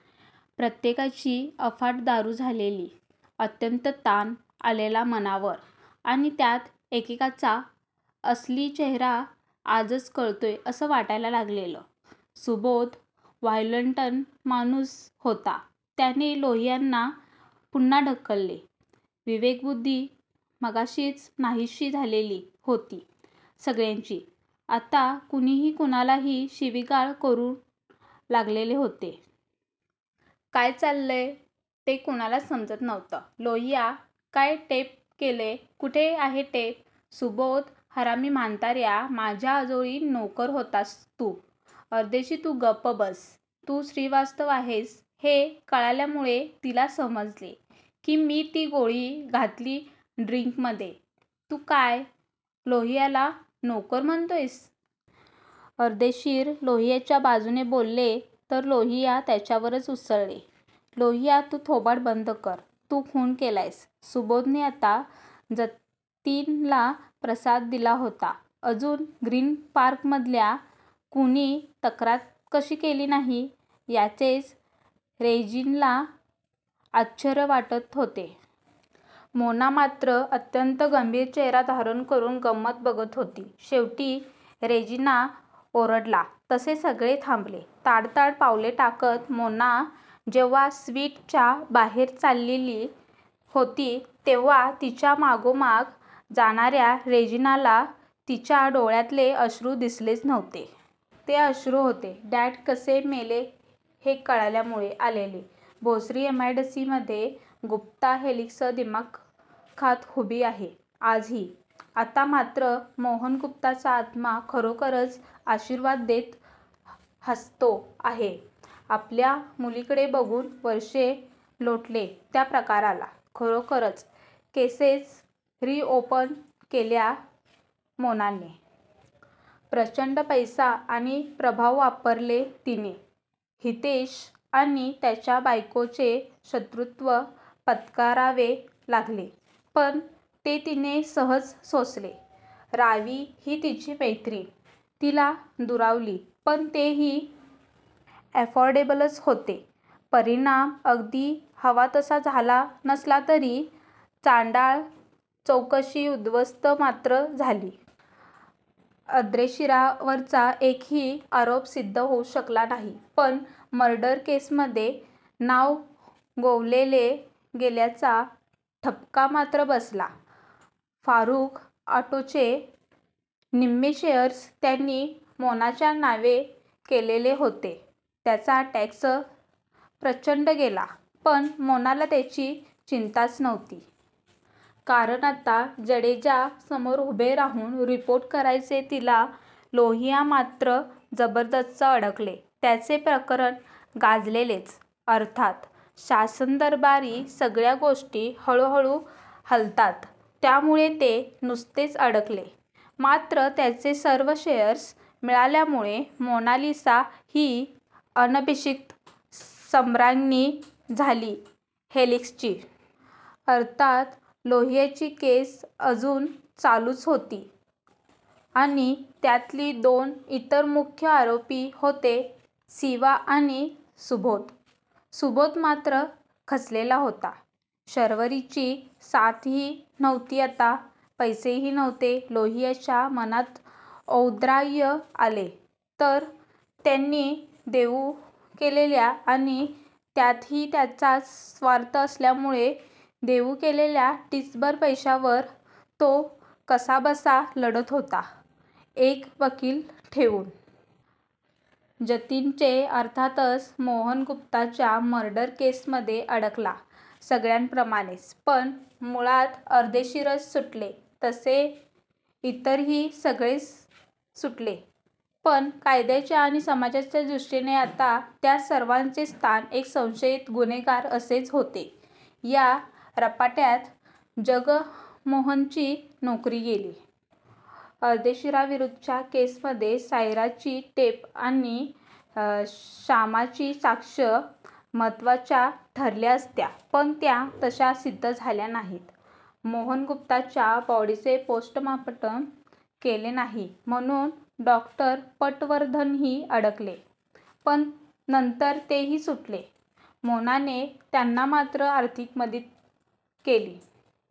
प्रत्येकाची अफाट दारू झालेली. अत्यंत ताण आलेला मनावर! आणि त्यात एकेकाचा असली चेहरा आजच कळतोय असं वाटायला लागलेलं! सुबोध व्हायोलन्ट माणूस होता. त्याने लोहियांना पुन्हा ढकलले. विवेकबुद्धी मगाशीच नाहीशी झालेली होती सगळ्यांची आता कुणीही कुणालाही शिवीगाळ करू लागलेले होते. काय चाललंय तेच कुणाला समजत नव्हतं! लोहिया काय टेप केलंय? कुठे आहे टेप? सुबोध हरामी म्हातार्या. माझ्या आजोळी नोकर होतास तू, अर्देशीर तू गप्प बस, तू श्रीवास्तव आहेस हे कळल्यामुळे तिला समजले की मी ती गोळी घातली ड्रिन्कमध्ये तू काय लोहियाला नोकर म्हणतोयस. अर्देशीर लोहियांच्या बाजूने बोलले तर लोहिया त्यांच्यावरच उसळले, लोहिया तू थोबाड बंद कर तू खून केलायस, सुबोधने आता जतीनला प्रसाद दिलेला होता. अजून ग्रीन पार्कमधल्या कुणी तक्रार कशी केली नाही याचेच रेजिनाला आश्चर्य वाटत होते. मोना मात्र अत्यंत गंभीर चेहरा धारण करून गंमत बघत होती. शेवटी रेजिना ओरडला तसे सगळे थांबले.. ताडताड पावले टाकत मोना जेव्हा स्विटच्या बाहेर चालली होती तेव्हा तिच्या मागोमाग जाणार्या रेजिनाला तिच्या डोळ्यातले अश्रू दिसलेच नव्हते. ते अश्रू होते डॅड कसे मेले हे कळल्यामुळे आलेले. Bhosari M I D C मध्ये गुप्ता हेलिक्स दिमाखात उभी आहे. आजही, आता मात्र मोहन गुप्तांचा आत्मा खरोखरच आशीर्वाद देत हासतो आहे आपल्या मुलीकडे बघून वर्ष लोटले त्या प्रकाराला, खरोखरच केसेस री ओपन केल्या मोनाने! प्रचंड पैसा आणि प्रभाव वापरले तिने, हितेश आणि त्याच्याबायकोचे शत्रूत्व पत्करावे लागले. पण ते तिने सहज सोसले. रावी ही तिची मैत्रीण तिला दुरावली. पण तेही ॲफोर्डेबलच फोर्डेबलच होते. परिणाम अगदी हवा तसा झाला नसला तरी चांडाळ चौकडी उद्ध्वस्त मात्र झाली. अर्देशीरांवरचा एकही आरोप सिद्ध होऊ शकला नाही. पण मर्डर केसमध्ये नाव गोवले गेल्याचा ठपका मात्र बसला. फारुख ऑटोचे निम्मे शेअर्स त्यांनी मोनाच्या नावे केलेले होते.. त्याचा टॅक्सच प्रचंड गेला.. पण मोनाला त्याची चिंताच नव्हती. कारण आता जडेजा समोर उभे राहून रिपोर्ट करायचे तिला.. लोहिया मात्र जबरदस्त अडकले. त्यांचे प्रकरण गाजलेच. अर्थात. शासनदरबारी सगळ्या गोष्टी हळूहळू हालतात. त्यामुळे ते नुसतेच अडकले. मात्र त्यांचे सर्व शेअर्स मिळाल्यामुळे मोनालिसा ही अनभिषिक्त सम्राज्ञी झाली हेलिक्सची. अर्थात, लोहियांची केस अजून चालूच होती.आणि त्यातील दोन इतर मुख्य आरोपी होते सिवा आणि सुबोध-सुबोध मात्र खचलेला होता. शर्वरीची साथही नव्हती आता. पैसेही नव्हते. लोहियांच्या मनात औदार्य आले तर त्यांनी देऊ केलेल्या आणि त्यातही त्यांचाच स्वार्थ असल्यामुळे देऊ केलेल्या टिचभर पैशांवर तो कसाबसा लढत होता एक वकील ठेवून.. जतीनचे अर्थातच मोहन गुप्तांच्या मर्डर केसमध्ये अडकला सगळ्यांप्रमाणेच, पण मुळात अर्देशीरच सुटले तसे इतरही सगळे सुटले. पण कायद्याच्या आणि समाजाच्या दृष्टीने आता त्या सर्वांचे स्थान एक संशयीत गुन्हेगार असेच होते. या रपाट्यात जगमोहनची नोकरी गेली.. अर्देशीरांविरुद्धच्या केसमध्ये सायराची टेप आणि शामाची साक्ष महत्वाच्या ठरल्या असत्या.. पण त्या तशा सिद्धच झाल्या नाहीत.. मोहन गुप्तांच्या बॉडीचे पोस्ट मॉर्टेम केले नाही म्हणून डॉ. पटवर्धनही अडकले, पण नंतर तेही सुटले. मोनाने त्यांना मात्र आर्थिक मदत केली.